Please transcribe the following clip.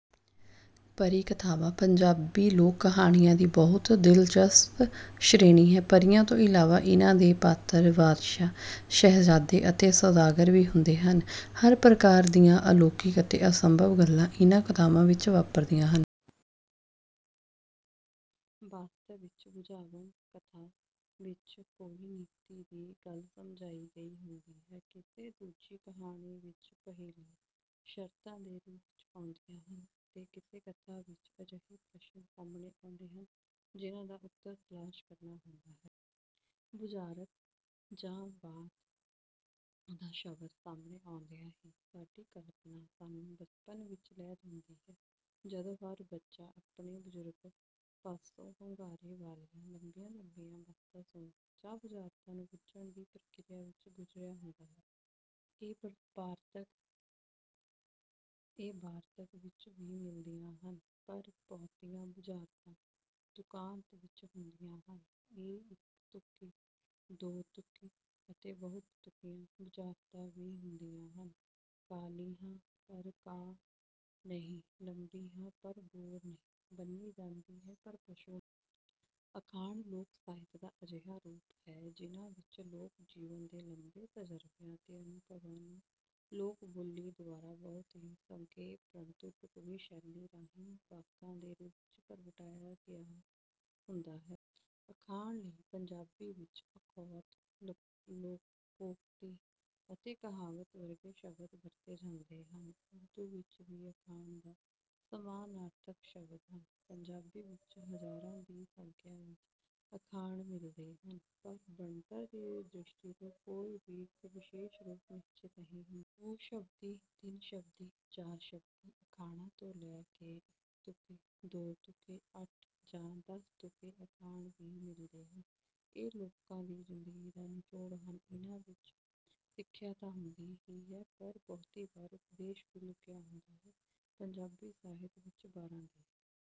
ਪਰੀ ਕਥਾਵਾਂ ਪੰਜਾਬੀ ਲੋਕ ਕਹਾਣੀਆਂ ਦੀ ਬਹੁਤ ਦਿਲਚਸਪ ਸ਼੍ਰੇਣੀ ਹੈ। ਪਰੀਆਂ ਤੋਂ ਇਲਾਵਾ ਇਨ੍ਹਾਂ ਦੇ ਪਾਤਰ ਬਾਦਸ਼ਾਹ, ਸ਼ਹਿਜ਼ਾਦੇ ਅਤੇ ਸੌਦਾਗਰ ਵੀ ਹੁੰਦੇ ਹਨ। ਹਰ ਪ੍ਰਕਾਰ ਦੀਆਂ ਅਲੌਕਿਕ ਅਤੇ ਅਸੰਭਵ ਗੱਲਾਂ ਇਨ੍ਹਾਂ ਕਥਾਵਾਂ ਵਿੱਚ ਵਾਪਰਦੀਆਂ ਹਨ। ਵਾਸਤਵ ਵਿੱਚ ਬੁਝਾਵਣ ਕਥਾ ਵਿੱਚ ਕੋਈ ਨੀਤੀ ਦੀ ਗੱਲ ਸਮਝਾਈ ਗਈ ਹੁੰਦੀ ਹੈ। ਕਿਸੇ ਦੂਜੀ ਕਹਾਣੀ ਵਿੱਚ ਪਹੇਲੀਆਂ ਸ਼ਰਤਾਂ ਦੇ ਰੂਪ ਵਿੱਚ ਆਉਂਦੀਆਂ ਹਨ ਅਤੇ ਕਿਸੇ ਕਥਾ ਵਿੱਚ ਅਜਿਹੇ ਪ੍ਰਸ਼ਨ ਸਾਹਮਣੇ ਆਉਂਦੇ ਹਨ, ਜਿਨ੍ਹਾਂ ਦਾ ਉੱਤਰ ਤਲਾਸ਼ ਕਰਨਾ ਹੁੰਦਾ ਹੈ। ਬੁਝਾਰਤ ਜਾਂ ਬਾਤ ਦਾ ਸ਼ਬਦ ਸਾਹਮਣੇ ਆਉਂਦਿਆਂ ਹੀ ਸਾਡੀ ਕਲਪਨਾ ਸਾਨੂੰ ਬਚਪਨ ਵਿੱਚ ਲੈ ਜਾਂਦੀ ਹੈ। ਜਦੋਂ ਹਰ ਬੱਚਾ ਆਪਣੇ ਬਜ਼ੁਰਗਾਂ ਪਾਸੋਂ ਹੁੰਗਾਰੇ ਵਾਲੀਆਂ ਲੰਮੀਆਂ-ਲੰਮੀਆਂ ਬਾਤਾਂ ਸੁਣਨ ਜਾਂ ਬੁਝਾਰਤਾਂ ਨੂੰ ਬੁੱਝਣ ਦੀ ਪ੍ਰਕਿਰਿਆ ਵਿੱਚੋਂ ਗੁਜ਼ਰਿਆ ਹੁੰਦਾ ਹੈ। ਇਹ ਵਾਰਤਕ ਵਿੱਚ ਵੀ ਮਿਲਦੀਆਂ ਹਨ, ਪਰ ਬਹੁਤੀਆਂ ਬੁਝਾਰਤਾਂ ਤੁਕਾਂਤ ਵਿੱਚ ਹੁੰਦੀਆਂ ਹਨ। ਇਹ ਇੱਕ-ਤੁਕੀ, ਦੋ-ਤੁਕੀ ਅਤੇ ਬਹੁ-ਤੁਕੀਆਂ ਬੁਝਾਰਤਾਂ ਵੀ ਹੁੰਦੀਆਂ ਹਨ। ਕਾਲੀ ਹਾਂ ਪਰ ਕਾਂ ਨਹੀਂ, ਲੰਮੀ ਹਾਂ ਪਰ ਡੋਰ ਨਹੀਂ, ਬੰਨ੍ਹੀ ਜਾਂਦੀ ਹਾਂ ਪਰ ਪਸ਼ੂ ਨਹੀਂ। ਅਖਾਣ ਲੋਕ ਸਾਹਿਤ ਦਾ ਅਜਿਹਾ ਰੂਪ ਹਨ, ਜਿਨ੍ਹਾਂ ਵਿੱਚ ਲੋਕ-ਜੀਵਨ ਦੇ ਲੰਮੇ ਤਜਰਬਿਆਂ ਅਤੇ ਅਨੁਭਵਾਂ ਨੂੰ ਲੋਕ-ਬੋਲੀ ਦੁਆਰਾ ਬਹੁਤ ਹੀ ਸੰਖੇਪ, ਪਰੰਤੂ ਢੁੱਕਵੀਂ ਸ਼ੈਲੀ ਰਾਹੀਂ ਵਾਕਾਂ ਦੇ ਰੂਪ ਵਿੱਚ ਪ੍ਰਗਟਾਇਆ ਗਿਆ ਹੁੰਦਾ ਹੈ। ਅਖਾਣ ਲਈ ਪੰਜਾਬੀ ਵਿੱਚ ਅਖੌਤ, ਲੋਕੋਕਤੀ ਅਤੇ ਕਹਾਵਤ ਸ਼ਬਦ ਵਰਤੇ ਜਾਂਦੇ ਹਨ। ਉਰਦੂ ਵਿੱਚ ਵੀ ਅਖਾਣ ਦ ਸਮਾਨਾਰਥਕ ਸ਼ਬਦ ਹਨ। ਪੰਜਾਬੀ ਵਿੱਚ ਹਜ਼ਾਰਾਂ ਦੀ ਸੰਖਿਆ ਵਿੱਚ ਅਖਾਣ ਮਿਲਦੇ ਹਨ, ਪਰ ਬਣਤਰ ਦੀ ਦ੍ਰਿਸ਼ਟੀ ਤੋਂ ਕੋਈ ਵੀ ਇੱਕ ਵਿਸ਼ੇਸ਼ ਰੂਪ ਨਿਸ਼ਚਿਤ ਨਹੀਂ ਹੈ। ਦੋ-ਸ਼ਬਦੀ, ਤਿੰਨ-ਸ਼ਬਦੀ, ਚਾਰ-ਸ਼ਬਦੀ ਅਖਾਣਾਂ ਤੋਂ ਲੈ ਕੇ ਇੱਕ-ਤੁਕੇ, ਦੋ-ਤੁਕੇ, ਅੱਠ ਜਾਂ ਦਸ-ਤੁਕੇ ਅਖਾਣ ਵੀ ਮਿਲਦੇ ਹਨ। ਇਹ ਲੋਕਾਂ ਦੀ ਜ਼ਿੰਦਗੀ ਦਾ ਨਿਚੋੜ ਹਨ। ਇਨ੍ਹਾਂ ਵਿੱਚ ਸਿੱਖਿਆ ਤਾਂ ਹੁੰਦੀ ਹੀ ਹੈ, ਪਰ ਬਹੁਤੀ ਵਾਰ ਉਪਦੇਸ਼ ਵੀ ਲੁਕਿਆ ਹੁੰਦਾ ਹੈ। ਪੰਜਾਬੀ ਸਾਹਿਤ ਵਿੱਚ ਵਾਰਾਂ ਦੀ…